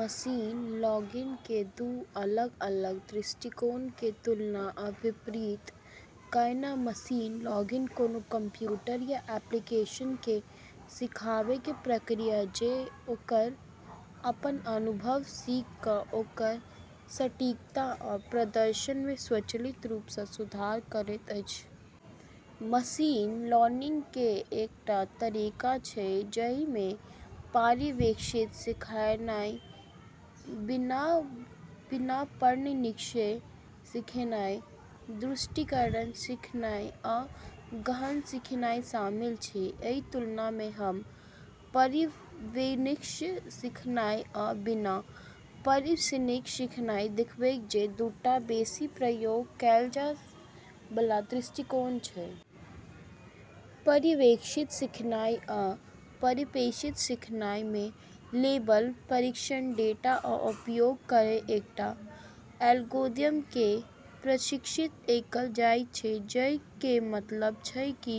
Machine learning केर दू अलग-अलग दृष्टिकोण केर तुलना आ विपरीत कयनाय। मशीन लर्निंग कोनो कंप्यूटर या एप्लीकेशन केँ सिखाबै केर प्रक्रिया छै जे ओकर अपन अनुभव सँ सीख कऽ ओकर सटीकता आ/या प्रदर्शन मे स्वचालित रूप सँ सुधार करैत अछि। मशीन लर्निंग केर कईटा तरीका छै, जहि मे पर्यवेक्षित सीखनाय, बिना पर्यवेक्षित सीखनाय, सुदृढीकरण सीखनाय, आ गहन सीखनाय शामिल छै। एहि तुलना मे हम पर्यवेक्षित सीखनाय आ बिना पर्यवेक्षित सीखना केँ देखब, जे दूटा बेसि प्रयोग कएल जाइत बला दृष्टिकोण छै। पर्यवेक्षित सीखनाय: पर्यवेक्षित सीखनाय मे लेबल प्रशिक्षण डेटा केर उपयोग करैत एकटा एल्गोरिदम केँ प्रशिक्षित कएल जाइत छै, जहि केर मतलब छै की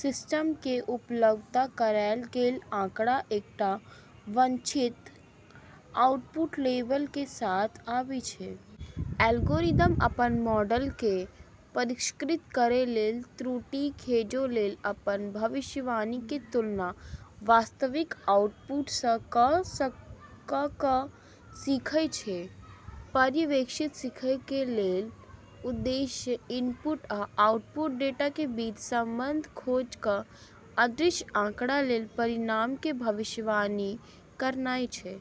सिस्टम केँ उपलब्ध कराएल गेल आँकड़ा एकटा वांछित आउटपुट लेबल केर साथ आबै छै। एल्गोरिदम अपन मॉडल केँ परिष्कृत करै लेल त्रुटि खोजै लेल अपन भविष्यवाणी के तुलना वास्तविक आउटपुट सँ कऽ कऽ सीखै छै। पर्यवेक्षित सीखय केर उद्देश्य इनपुट आ आउटपुट डेटा केँ बीच संबंध खोज कऽ अदृश्य आँकड़ा लेल परिणाम केर भविष्यवाणी करनाय छै।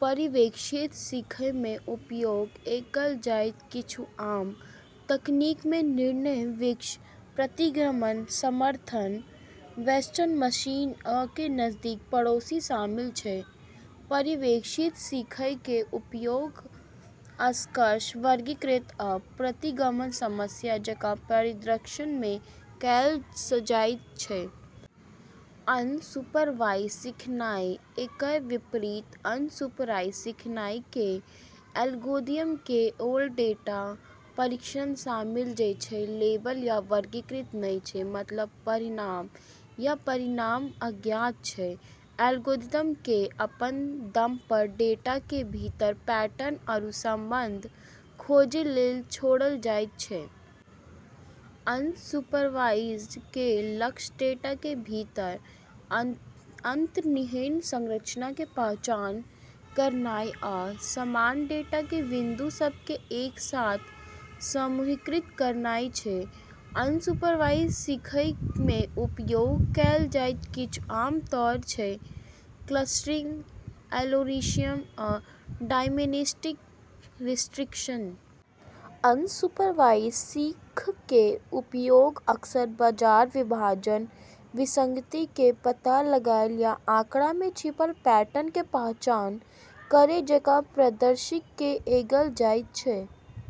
पर्यवेक्षित सीखय मे उपयोग कएल जाइत किछु आम तकनीक मे निर्णय वृक्ष, प्रतिगमन, समर्थन वेक्टर मशीन आ के-नजदीकी पड़ोसी शामिल छै। पर्यवेक्षित सीख केर उपयोग अक्सर वर्गीकरण आ प्रतिगमन समस्या जकाँ परिदृश्य मे कएल जाइत छै। अनसुपरवाइज सीखनाय: एकर विपरीत, अनसुपरवाइज सीखय मे एल्गोरिदम केँ ओय डेटा सँ प्रशिक्षण शामिल छै जे लेबल या वर्गीकृत नहि छै, मतलब परिणाम या परिणाम अज्ञात छै। एल्गोरिदम केँ अपन दम पर डेटा के भीतर पैटर्न आरू संबंध खोजै लेल छोड़ल जाइत छै। अनसुपरवाइज सीखय केर लक्ष्य डेटा के भीतर अंतर्निहित संरचना केर पहचान करनाय आ समान डेटा बिंदु सभ केँ एक साथ समूहीकृत करनाय छै। अनसुपरवाइज सीखय मे उपयोग कएल जाइत किछु आम तकनीक छै क्लस्टरिंग, एसोसिएशन आ डायमेंशनलिटी रिडक्शन। अनसुपरवाइज सीख केर उपयोग अक्सर बाजार विभाजन, विसंगति केँ पता लगानाय या आँकड़ा मे छिपल पैटर्न केर पहचान करय जकाँ परिदृश्य मे कएल जाइत छै।